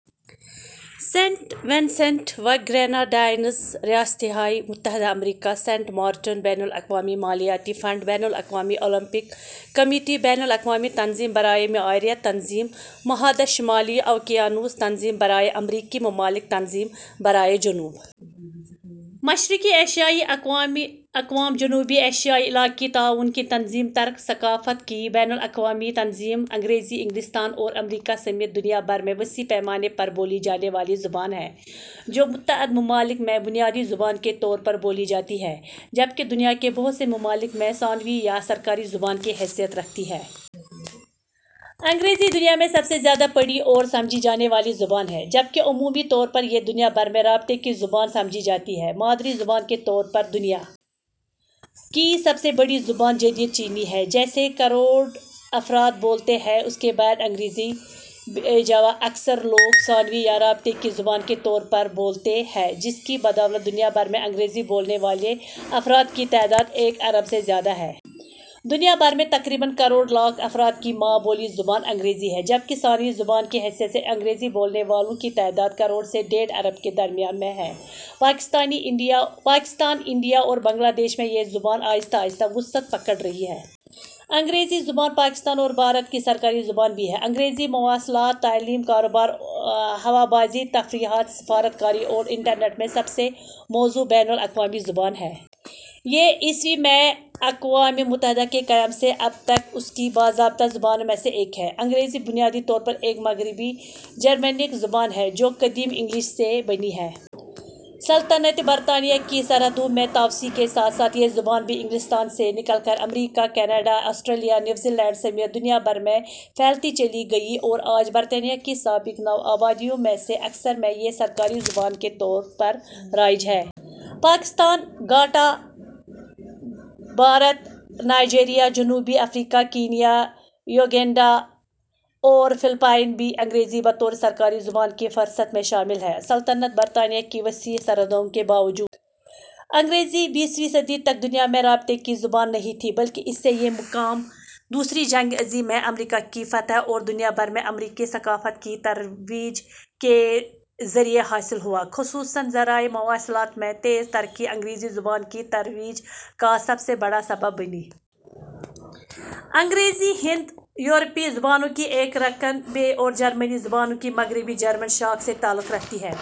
Saint Vincent و Grenadines ریاستہائے متحدہ امریکا سنٹ مارٹن بین الاقوامی مالیاتی فنڈ بین الاقوامی اولمپک کمیٹی بین الاقوامی تنظیم برائے معیاریت تنظیم معاہدہ شمالی اوقیانوس تنظیم برائے امریکی ممالک تنظیم برائے جنوب مشرقی ایشیائی اقوام جنوبی ایشیائی علاقائی تعاون کی تنظیم ترک ثقافت کی بین الاقوامی تنظیم انگریزی انگلستان اور امریکا سمیت دنیا بھر میں وسیع پیمانے پر بولی جانے والی زبان ہے، جو متعدد ممالک میں بنیادی زبان کے طور پر بولی جاتی ہے، جبکہ دنیا کے بہت سے ممالک میں ثانوی یا سرکاری زبان کی حیثیت رکھتی ہے۔ انگریزی دنیا میں سب سے زیادہ پڑھی اور سمجھی جانے والی زبان ہے، جبکہ عمومی طور پر یہ دنیا بھر میں رابطے کی زبان سمجھی جاتی ہے۔ مادری زبان کے طور پر دنیا کی سب سے بڑی زبان جدید چینی ہے، جسے کروڑ افراد بولتے ہیں، اس کے بعد انگریزی ہے جو اکثر لوگ ثانوی یا رابطے کی زبان کے طور پر بولتے ہیں، جس کی بدولت دنیا بھر میں انگریزی بولنے والے افراد کی تعداد ایک ارب سے زیادہ ہے۔ دنیا بھر میں تقریباً کروڑ لاکھ افراد کی ماں بولی زبان انگریزی ہے، جبکہ ثانوی زبان کی حیثیت سے انگریزی بولنے والوں کی تعداد کروڑ سے ڈیڑھ ارب کے درمیان میں ہے۔ پاکستان ، انڈیا اور بنگلہ دیش میں یہ زبان آہستہ آہستہ وسعت پکڑ رہی ہے۔ انگریزی زبان پاکستان اور بھارت کی سرکاری زبان بھی ہے۔ انگریزی مواصلات ، تعلیم ، کاروبار ، ہوا بازی ، تفریحات، سفارت کاری اور انٹرنیٹ میں سب سے موزوں بین الاقوامی زبان ہے۔ یہ ء، میں اقوام متحدہ کے قیام سے اب تک اس کی باضابطہ زبانوں میں سے ایک ہے۔ انگریزی بنیادی طور پر ایک مغربی جرمینک زبان ہے، جو قدیم انگلش سے بنی ہے۔ سلطنتِ برطانیہ کی سرحدوں میں توسیع کے ساتھ ساتھ یہ زبان بھی انگلستان سے نکل کر امریکا ، کینیڈا ، آسٹریلیا ، نیوزی لینڈ سمیت دنیا بھر میں پھیلتی چلی گئی اور آج برطانیہ کی سابق نو آبادیوں میں سے اکثر میں یہ سرکاری زبان کے طور پر رائج ہے۔ پاکستان ، گھانا ، بھارت ، نائجیریا ، جنوبی افریقا ، کینیا ، یوگینڈا اور فلپائن بھی انگریزی بطور سرکاری زبان کی فہرست میں شامل ہیں۔ سلطنتِ برطانیہ کی وسیع سرحدوں کے باوجود انگریزی بیسویں صدی تک دنیا میں رابطے کی زبان نہیں تھی، بلکہ اسے یہ مقام دوسری جنگ عظیم میں امریکا کی فتح اور دنیا بھر میں امریکی ثقافت کی ترویج کے ذریعے حاصل ہوا، خصوصاً ذرائع مواصلات میں تیز ترقی انگریزی زبان کی ترویج کا سب سے بڑا سبب بنی۔ انگریزی ہند-یورپی زبانوں کی ایک رکن ہے اور جرمنی زبانوں کی مغربی جرمن شاخ سے تعلق رکھتی ہے۔